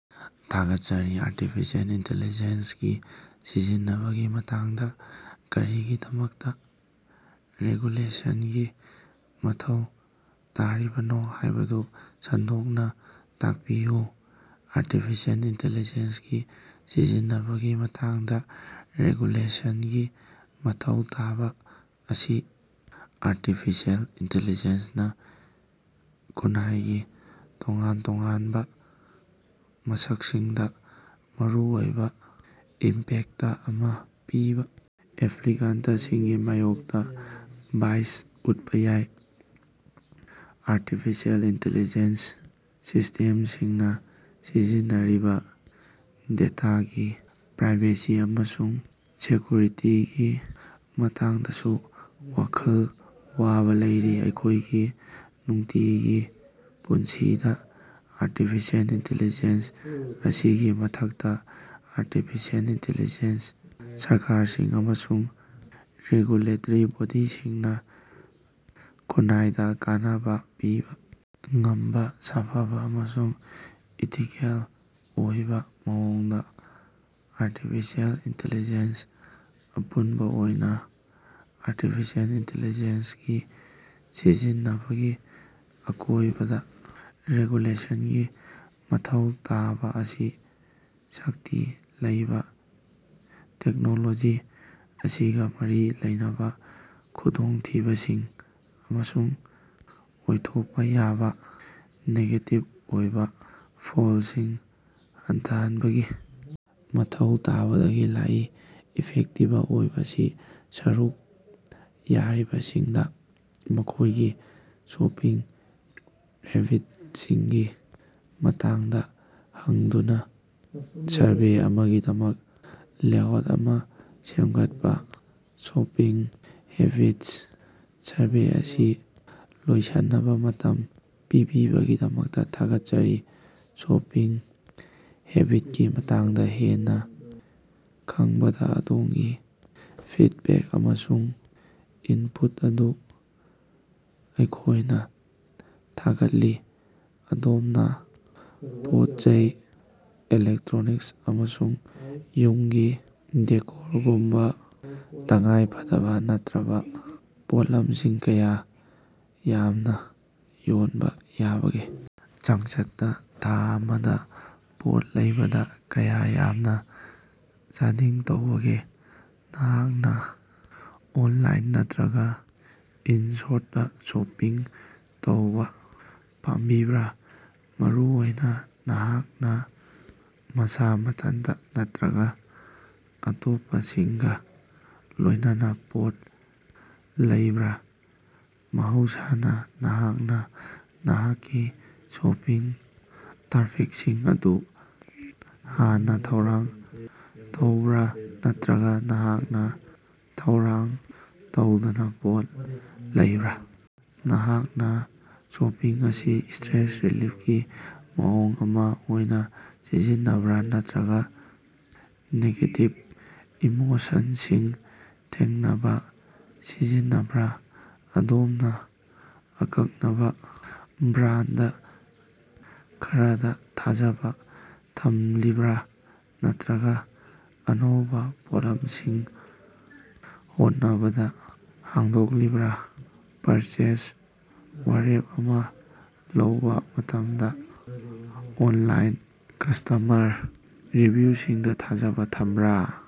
ꯊꯥꯒꯠꯆꯔꯤ artificial intelligence ꯀꯤ ꯁꯤꯖꯤꯟꯅꯕꯒꯤ ꯃꯇꯥꯡꯗ ꯀꯔꯤꯒꯤꯗꯃꯛꯇ ꯔꯦꯒꯨꯂꯦꯁꯟꯒꯤ ꯃꯊꯧ ꯇꯥꯔꯤꯕꯅꯣ ꯍꯥꯏꯕꯗꯨ ꯁꯟꯗꯣꯛꯅ ꯇꯥꯛꯄꯤꯌꯨ? ꯑꯥꯔꯇꯤꯐꯤꯁꯤꯑꯦꯜ ꯏꯟꯇꯤꯂꯤꯖꯦꯟꯁ ꯀꯤ ꯁꯤꯖꯤꯟꯅꯕꯒꯤ ꯃꯇꯥꯡꯗ ꯔꯦꯒꯨꯂꯦꯁꯟꯒꯤ ꯃꯊꯧ ꯇꯥꯕ ꯑꯁꯤ ꯑꯥꯔꯇꯤꯐꯤꯁꯤꯑꯦꯜ ꯏꯟꯇꯤꯂꯤꯖꯦꯟꯁ ꯅꯥ ꯈꯨꯟꯅꯥꯏꯒꯤ ꯇꯣꯉꯥꯟ ꯇꯣꯉꯥꯟꯕ ꯃꯁꯛꯁꯤꯡꯗ ꯃꯔꯨꯑꯣꯏꯕ ꯏꯝꯄꯦꯛꯇ ꯑꯃ ꯄꯤꯕ ꯑꯦꯄ꯭ꯂꯤꯀꯥꯟꯇꯁꯤꯡꯒꯤ ꯃꯥꯌꯣꯛꯇ ꯕꯥꯏꯁ ꯎꯠꯄ ꯌꯥꯏ꯫ ꯑꯥꯔꯇꯤꯐꯤꯁꯤꯑꯦꯜ ꯏꯟꯇꯤꯂꯤꯖꯦꯟꯁ ꯁꯤꯁ꯭ꯇꯦꯝꯁꯤꯡꯅ ꯁꯤꯖꯤꯟꯅꯔꯤꯕ ꯗꯦꯇꯥꯒꯤ ꯄ꯭ꯔꯥꯏꯕꯦꯁꯤ ꯑꯃꯁꯨꯡ ꯁꯦꯀ꯭ꯌꯨꯔꯤꯇꯤꯒꯤ ꯃꯇꯥꯡꯗꯁꯨ ꯋꯥꯈꯜ ꯋꯥꯕꯥ ꯂꯩꯔꯤ꯫ ꯑꯩꯈꯣꯏꯒꯤ ꯅꯨꯡꯇꯤꯒꯤ ꯄꯨꯟꯁꯤꯗ ꯑꯥꯔꯇꯤꯐꯤꯁꯤꯑꯦꯜ ꯏꯟꯇꯤꯂꯤꯖꯦꯟꯁ ꯃꯁꯤꯒꯤ ꯃꯊꯛꯇ, ꯑꯥꯔꯇꯤꯐꯤꯁꯤꯑꯦꯜ ꯏꯟꯇꯤꯂꯤꯖꯦꯟꯁ ꯁꯔꯀꯥꯔꯁꯤꯡ ꯑꯃꯁꯨꯡ ꯔꯦꯒꯨꯂꯦꯇ꯭ꯔꯤ ꯕꯣꯗꯤꯁꯤꯡꯅ ꯈꯨꯟꯅꯥꯏꯗ ꯀꯥꯟꯅꯕ ꯄꯤꯕ ꯉꯝꯕ ꯁꯥꯐꯕ ꯑꯃꯁꯨꯡ ꯏꯊꯤꯀꯦꯜ ꯑꯣꯏꯕ ꯃꯑꯣꯡꯗ‌ ꯑꯥꯔꯇꯤꯐꯤꯁꯤꯑꯦꯜ ꯏꯟꯇꯤꯂꯤꯖꯦꯟꯁ ꯑꯄꯨꯟꯕ ꯑꯣꯏꯅ, ꯑꯥꯔꯇꯤꯐꯤꯁꯤꯑꯦꯜ ꯏꯟꯇꯤꯂꯤꯖꯦꯟꯁ ꯀꯤ ꯁꯤꯖꯤꯟꯅꯕꯒꯤ ꯑꯀꯣꯏꯕꯗ ꯔꯤꯒꯨꯂꯦꯁꯟꯒꯤ ꯃꯊꯧ ꯇꯥꯕ ꯑꯁꯤ ꯁꯛꯇꯤ ꯂꯩꯕ ꯇꯦꯛꯅꯣꯂꯣꯖꯤ ꯑꯁꯤꯒ ꯃꯔꯤ ꯂꯩꯅꯕ ꯈꯨꯗꯣꯡꯊꯤꯕꯁꯤꯡ ꯑꯃꯁꯨꯡ ꯑꯣꯏꯊꯣꯛꯄ ꯌꯥꯕ ꯅꯦꯒꯦꯇꯤꯕ ꯑꯣꯏꯕ ꯐꯜꯁꯤꯡ ꯍꯟꯊꯍꯟꯕꯒꯤ ꯃꯊꯧ ꯇꯥꯕꯗꯒꯤ ꯂꯥꯛꯏ꯫ ꯏꯐꯦꯛꯇꯤꯕ ꯑꯣꯏꯕ ꯁꯤ ꯁꯔꯨꯛ ꯌꯥꯔꯤꯕꯁꯤꯡꯗ ꯃꯈꯣꯏꯒꯤ ꯁꯣꯄꯤꯡ ꯍꯦꯕꯤꯠꯁꯤꯡꯒꯤ ꯃꯇꯥꯡꯗ ꯍꯪꯗꯨꯅ ꯁꯔꯚꯦ ꯑꯃꯒꯤꯗꯃꯛ ꯂꯦꯑꯥꯎꯠ ꯑꯃ ꯁꯦꯝꯒꯠꯄ꯫ ꯁꯣꯄꯤꯡ ꯍꯦꯕꯤꯠꯁ ꯁꯔꯚꯦ ꯑꯁꯤ ꯂꯣꯏꯁꯤꯟꯅꯕ ꯃꯇꯝ ꯄꯤꯕꯤꯕꯒꯤꯗꯃꯛ ꯊꯥꯒꯠꯆꯔꯤ꯫ ꯁꯣꯄꯤꯡ ꯍꯦꯕꯤꯠꯀꯤ ꯃꯇꯥꯡꯗ ꯍꯦꯟꯅ ꯈꯪꯕꯗ ꯑꯗꯣꯝꯒꯤ ꯐꯤꯗꯕꯦꯛ ꯑꯃꯁꯨꯡ ꯏꯟꯄꯨꯠ ꯑꯗꯨ ꯑꯩꯈꯣꯏꯅ ꯊꯥꯒꯠꯂꯤ꯫ ꯑꯗꯣꯝꯅ ꯄꯣꯠꯆꯩ, ꯏꯂꯦꯛꯇ꯭ꯔꯣꯅꯤꯛꯁ, ꯑꯃꯁꯨꯡ ꯌꯨꯝꯒꯤ ꯗꯦꯀꯣꯔꯒꯨꯝꯕ ꯇꯉꯥꯏ ꯐꯗꯕ ꯅꯠꯇꯕ ꯄꯣꯠꯂꯝꯁꯤꯡ ꯀꯌꯥ ꯌꯥꯝꯅ ꯌꯣꯟꯕ ꯌꯥꯕꯒꯦ? ꯆꯥꯡꯆꯠꯇ ꯊꯥ ꯑꯃꯗ ꯄꯣꯠ ꯂꯩꯕꯗ ꯀꯌꯥ ꯌꯥꯝꯅ ꯆꯥꯗꯤꯡ ꯇꯧꯕꯒꯦ? ꯅꯍꯥꯛꯅ ꯑꯣꯟꯂꯥꯏꯟ ꯅꯠꯇꯔꯒ ꯏꯟ-ꯁ꯭ꯇꯣꯔꯗ ꯁꯣꯄꯤꯡ ꯇꯧꯕ ꯄꯥꯝꯕꯤꯕ꯭ꯔꯥ? ꯃꯔꯨꯑꯣꯏꯅ ꯅꯍꯥꯛꯅ ꯃꯁꯥ ꯃꯊꯟꯇ ꯅꯠꯇꯔꯒ ꯑꯇꯣꯞꯄꯁꯤꯡꯒ ꯂꯣꯏꯅꯅ ꯄꯣꯠ ꯂꯩꯕ꯭ꯔꯥ? ꯃꯍꯧꯁꯥꯅ ꯅꯍꯥꯛꯅ ꯅꯍꯥꯛꯀꯤ ꯁꯣꯄꯤꯡ ꯇ꯭ꯔꯥꯐꯤꯛꯁꯤꯡ ꯑꯗꯨ ꯍꯥꯟꯅ ꯊꯧꯔꯥꯡ ꯇꯧꯕ꯭ꯔꯥ ꯅꯠꯇꯔꯒ ꯅꯍꯥꯛꯅ ꯊꯧꯔꯥꯡ ꯇꯧꯗꯅ ꯄꯣꯠ ꯂꯩꯕ꯭ꯔꯥ? ꯅꯍꯥꯛꯅ ꯁꯣꯄꯤꯡ ꯑꯁꯤ ꯁ꯭ꯇꯔꯦꯁ ꯔꯤꯂꯤꯐꯀꯤ ꯃꯑꯣꯡ ꯑꯃ ꯑꯣꯏꯅ ꯁꯤꯖꯤꯟꯅꯕ꯭ꯔꯥ ꯅꯠꯇꯔꯒ ꯅꯦꯒꯦꯇꯤꯚ ꯏꯃꯣꯁꯟꯁꯤꯡ ꯊꯦꯡꯅꯅꯕ ꯁꯤꯖꯤꯟꯅꯕ꯭ꯔꯥ? ꯑꯗꯣꯝꯅ ꯑꯀꯛꯅꯕ ꯕ꯭ꯔꯥꯟꯗ ꯈꯔꯗ ꯊꯥꯖꯕ‌ ꯊꯝꯂꯤꯕꯔꯥ ꯅꯠꯇꯔꯒ ꯑꯅꯧꯕ ꯄꯣꯠꯂꯝꯁꯤꯡ ꯍꯣꯠꯅꯕꯗ ꯍꯥꯡꯗꯣꯛꯂꯤꯕꯔꯥ? ꯄꯔꯆꯦꯖ ꯋꯥꯔꯦꯞ ꯑꯃ ꯂꯧꯕ ꯃꯇꯝꯗ ꯑꯣꯟꯂꯥꯏꯟ ꯀꯁ꯭ꯇꯃꯔ ꯔꯤꯚꯤꯌꯨꯁꯤꯡꯗ ꯊꯥꯖꯕ ꯊꯝꯕꯔꯥ?